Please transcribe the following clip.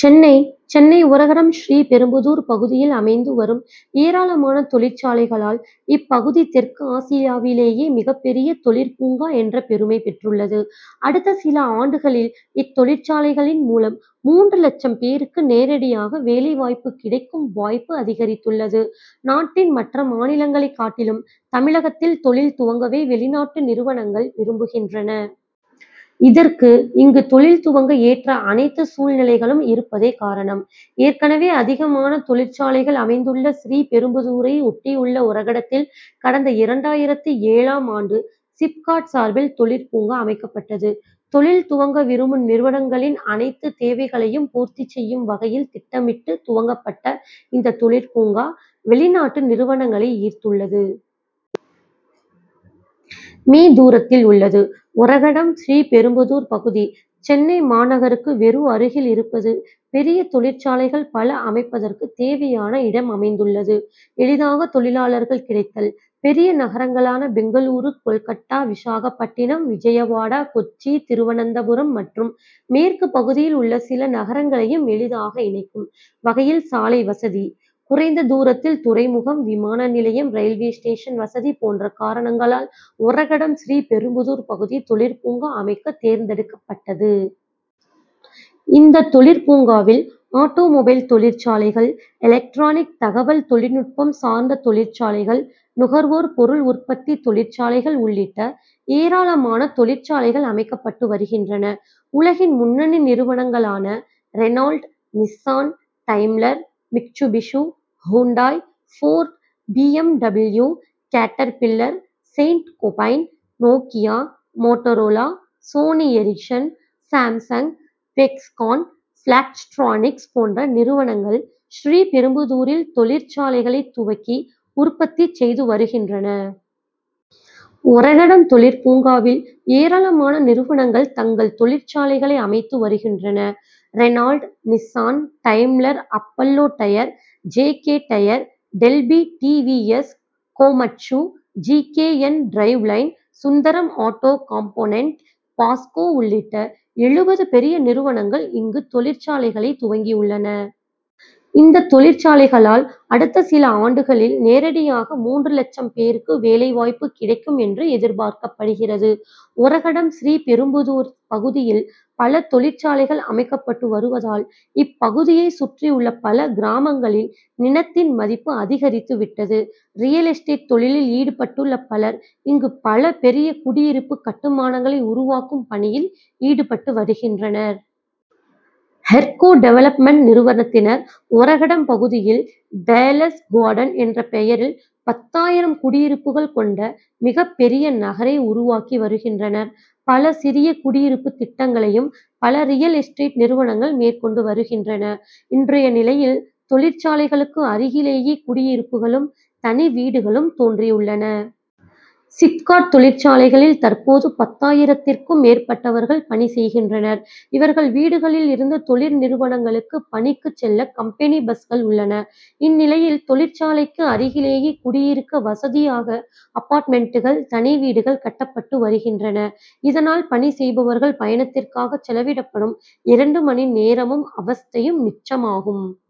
சென்னை சென்னை ஒரகடம் ஸ்ரீபெரும்புதூர் பகுதியில் அமைந்து வரும் ஏராளமான தொழிற்சாலைகளால் இப்பகுதி தெற்காசியவிலேயே மிகப்பெரிய தொழிற் பூங்கா என்ற பெருமை பெற்றுள்ளது. அடுத்த சில ஆண்டுகளில், இத்தொழிற்சாலைகளின் மூலம் மூன்று லட்சம் பேருக்கு நேரடியாக வேலை வாய்ப்பு கிடைக்கும் வாய்ப்பு அதிகரித்துள்ளது. நாட்டின் மற்ற மாநிலங்களை காட்டிலும், தமிழகத்தில் தொழில் துவங்கவே வெளிநாட்டு நிறுவனங்கள் விரும்புகின்றன. இதற்கு, இங்கு தொழில் துவங்க ஏற்ற அனைத்து சூழ்நிலைகளும் இருப்பதே காரணம். ஏற்கனவே அதிகமான தொழிற்சாலைகள் அமைந்துள்ள ஸ்ரீபெரும்புதூரை ஒட்டியுள்ள ஒரகடத்தில், கடந்த இரண்டாயிரத்து ஏழாம் ஆண்டு சிப்காட் சார்பில் தொழிற்பூங்கா அமைக்கப்பட்டது. தொழில் துவங்க விரும்பும் நிறுவனங்களின் அனைத்து தேவைகளையும் பூர்த்தி செய்யும் வகையில் திட்டமிட்டு, துவக்கப்பட்ட இந்த தொழிற்பூங்கா, வெளிநாட்டு நிறுவனங்களை ஈர்த்துள்ளது. மீ., தூரத்தில் உள்ளது ஒரகடம் ஸ்ரீபெரும்புதூர் பகுதி. சென்னை மாநகருக்கு வெகு அருகில் இருப்பது; பெரிய தொழிற்சாலைகள் பல அமைப்பதற்கு தேவையான இடம் அமைந்துள்ளது; எளிதாக தொழிலாளர்கள் கிடைத்தல்; பெரிய நகரங்களான பெங்களூரு, கோல்கட்டா, விசாகப்பட்டினம், விஜயவாடா, கொச்சி, திருவனந்தபுரம் மற்றும் மேற்கு பகுதியில் உள்ள சில நகரங்களையும் எளிதாக இணைக்கும் வகையில் சாலை வசதி; குறைந்த தூரத்தில் துறைமுகம், விமான நிலையம், ரயில்வே ஸ்டேஷன் வசதி போன்ற காரணங்களால் ஒரகடம் ஸ்ரீபெரும்புதூர் பகுதி தொழிற் பூங்கா அமைக்க தேர்ந்தெடுக்கப்பட்டது. இந்த தொழிற் பூங்காவில் ஆட்டோ மொபைல் தொழிற்சாலைகள், எலக்ட்ரானிக், தகவல் தொழில்நுட்பம் சார்ந்த தொழிற்சாலைகள், நுகர்வோர் பொருள் உற்பத்தி தொழிற்சாலைகள் உள்ளிட்ட ஏராளமான தொழிற்சாலைகள் அமைக்கப்பட்டு வருகின்றன. உலகின் முன்னணி நிறுவனங்களான Renault, Nissan, Daimler, Mitsubishi, Hyundai, Ford, B. M. W., Caterpillar, Saint Gobain, Nokia, Motorola, Sony Ericsson, Samsung, Foxconn, Flextronics போன்ற நிறுவனங்கள் ஸ்ரீபெரும்புதூரில் தொழிற்சாலைகளை துவக்கி, உற்பத்தி செய்து வருகின்றன. ஒரகடம் தொழிற்பூங்காவில், ஏராளமான நிறுவனங்கள் தங்கள் தொழிற்சாலைகளை அமைத்து வருகின்றன. Renault Nissan, Daimler, Apollo tyre, J. K. Tyre, Delphi T. V. S., Komatsu, G. K. N Driveline, Sundaram auto component, Posco உள்ளிட்ட எழுபது பெரிய நிறுவனங்கள் இங்கு தொழிற்சாலைகளை துவங்கியுள்ளன. இந்த தொழிற்சாலைகளால், அடுத்த சில ஆண்டுகளில் நேரடியாக மூன்று லட்சம் பேருக்கு வேலை வாய்ப்பு கிடைக்கும் என்று எதிர்பார்க்கப்படுகிறது. ஒரகடம் ஸ்ரீபெரும்புதூர் பகுதியில் பல தொழிற்சாலைகள் அமைக்கப்பட்டு வருவதால் இப்பகுதியை சுற்றி உள்ள பல கிராமங்களில் நிலத்தின் மதிப்பு அதிகரித்து விட்டது. ரியல் எஸ்டேட் தொழிலில் ஈடுபட்டுள்ள பலர், இங்கு பல பெரிய குடியிருப்பு கட்டுமானங்களை உருவாக்கும் பணியில் ஈடுபட்டு வருகின்றனர். ஹெர்கோ டெவலப்மென்ட் நிறுவனத்தினர் ஒரகடம் பகுதியில் "பேலஸ் கார்டன் என்ற பெயரில் பத்தாயிரம் குடியிருப்புகள் கொண்ட மிகப்பெரிய நகரை உருவாக்கி வருகின்றனர். பல சிறிய குடியிருப்பு திட்டங்களையும் பல ரியல் எஸ்டேட் நிறுவனங்கள் மேற்கொண்டு வருகின்றன. இன்றைய நிலையில், தொழிற்சாலைகளுக்கு அருகிலேயே குடியிருப்புகளும், தனி வீடுகளும் தோன்றியுள்ளன. சிப்காட் தொழிற்சாலைகளில் தற்போது பத்தாயிரத்திற்கும் மேற்பட்டவர்கள் பணி செய்கின்றனர். இவர்கள் வீடுகளில் இருந்து தொழில் நிறுவனங்களுக்கு பணிக்கு செல்ல கம்பெனி பஸ்கள் உள்ளன. இந்நிலையில், தொழிற்சாலைக்கு அருகிலேயே குடியிருக்க வசதியாக அப்பார்ட்மென்ட்டுகள், தனி வீடுகள் கட்டப்பட்டு வருகின்றன. இதனால், பணி செய்பவர்கள் பயணத்திற்காக செலவிடப்படும் இரண்டு மணி நேரமும், அவஸ்த்தையும் மிச்சமாகும்.